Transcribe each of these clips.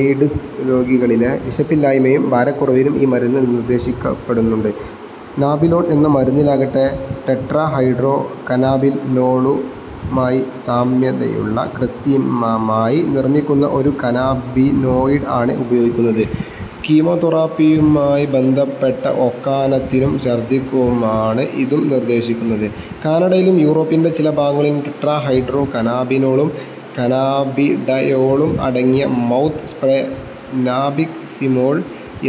AIDS രോഗികളിലെ വിശപ്പില്ലായ്മയും ഭാരക്കുറവിനും ഈ മരുന്ന് നിർദ്ദേശിക്കപ്പെടുന്നുണ്ട്. നാബിലോൺ എന്ന മരുന്നിലാകട്ടെ, ടെട്രാ ഹൈഡ്രോ കനാബിനോളുമായി സാമ്യതയുള്ള കൃത്രിമമായി നിർമ്മിക്കുന്ന ഒരു കനാബിനോയ്ഡ് ആണ് ഉപയോഗിക്കുന്നത്. കീമോതെറാപ്പിയുമായി ബന്ധപ്പെട്ട ഓക്കാനത്തിനും ഛർദ്ദിക്കുമാണ് ഇതും നിർദ്ദേശിക്കുന്നത്. കാനഡയിലും യൂറോപ്പിന്റെ ചില ഭാഗങ്ങളിലും ടെട്രാ ഹൈഡ്രോ കനാബിനോളും കനാബിഡയോളും അടങ്ങിയ മൗത്ത് സ്പ്രേ നാബിക്സിമോൾ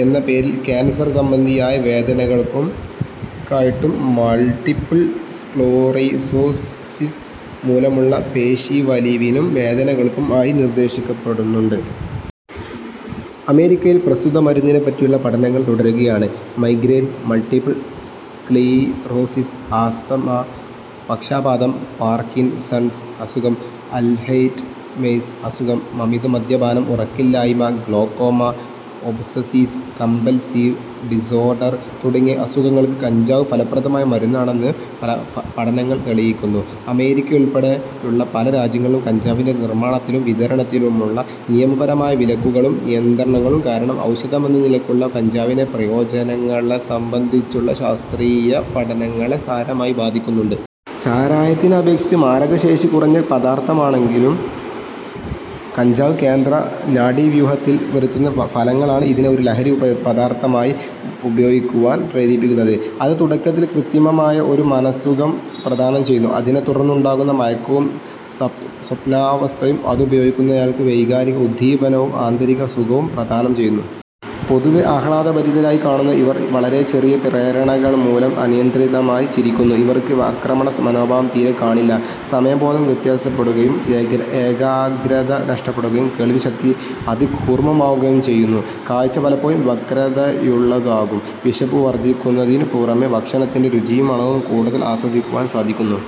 എന്ന പേരിൽ കാൻസർ സംബന്ധിയായ വേദനകൾക്കായിട്ടും, മൾടിപിൾ സ്ക്ലീറോസിസ് മൂലമുള്ള പേശീവലിവിനും വേദനകൾകും ആയി നിർദ്ദേശിക്കപ്പെടുന്നുണ്ട്. അമേരിക്കയിൽ പ്രസ്തുത മരുന്നിനെ പറ്റിയുള്ള പഠനങ്ങൾ തുടരുകയാണ്. മൈഗ്രേൻ, മൾടിപ്പിൾ സ്ക്ളീറോസിസ്, ആസ്ത്മ, പക്ഷാഘാതം, പാർകിൻസൺസ് അസുഖം, അൽഹൈറ്റ്മേഴ്സ് അസുഖം, അമിത മദ്യപാനം, ഉറക്കമില്ലായ്മ, ഗ്ലോക്കോമ, ഒബ്സസീസ് കമ്പൽസീവ് ഡിസോർഡർ തുടങ്ങിയ അസുഖങ്ങൾക്ക് കഞ്ചാവ് ഫലപ്രദമായ മരുന്നാണെന്ന് പഠനങ്ങൾ തെളിയിക്കുന്നു. അമേരിക്കയുൾപടെയുള്ള പല രാജ്യങ്ങളിലും കഞ്ചാവിന്റെ നിർമ്മാണത്തിലും വിതരണത്തിലുമുള്ള നിയമപരമായ വിലക്കുകളും നിയന്ത്രണങ്ങളും കാരണം ഔഷധമെന്ന നിലക്കുള്ള കഞ്ചാവിന്റെ പ്രയോജനങ്ങളെ സംബന്ധിച്ചുള്ള ശാസ്ത്രീയ പഠനങ്ങളെ സാരമായി ബാധിക്കുന്നുണ്ട്. ചാരായത്തിനെ അപേക്ഷിച്ച് മാരകശേഷി കുറഞ്ഞ പദാർഥമെങ്കിലും, കഞ്ചാവ് കേന്ദ്ര നാഡീവ്യൂഹത്തിൽ വരുത്തുന്ന ഫലങ്ങളാണ് ഇതിനെ ഒരു ലഹരി പദാർഥമായി ഉപയോഗിക്കുവാൻ പ്രേരിപ്പിക്കുന്നത്. അത് തുടക്കത്തിൽ കൃത്രിമമായ ഒരു മനഃസുഖം പ്രദാനം ചെയ്യുന്നു. അതിനെ തുടർന്നുണ്ടാകുന്ന മയക്കവും സ്വപ്നാവസ്ഥയും അതുപയോഗിക്കുന്നയാൾക്ക് വൈകാരിക ഉദ്ദീപനവും ആന്തരിക സുഖവും പ്രദാനം ചെയ്യുന്നു. പൊതുവെ ആഹ്ലാദ ഭരിതരായി കാണുന്ന ഇവർ വളരെ ചെറിയ പ്രേരണകൾ മൂലം അനിയന്ത്രിതമായി ചിരിക്കുന്നു. ഇവർക്ക് ആക്രമണ മനോഭാവം തീരെ കാണില്ല. സമയബോധം വ്യത്യാസപ്പെടുകയും, ഏകാഗ്രത നഷ്ടപ്പെടുകയും, കേൾവി ശക്തി അതികൂർമ്മമാവുകയുംചെയ്യുന്നു. കാഴ്ച പലപ്പോഴും വക്രതയുള്ളതാകും. വിശപ്പു വർദ്ധിക്കുന്നതിനു പുറമെ ഭക്ഷണത്തിന്റെ രുചിയും മണവും കൂടുതൽ ആസ്വദിക്കുവാൻ സാധിക്കുന്നു.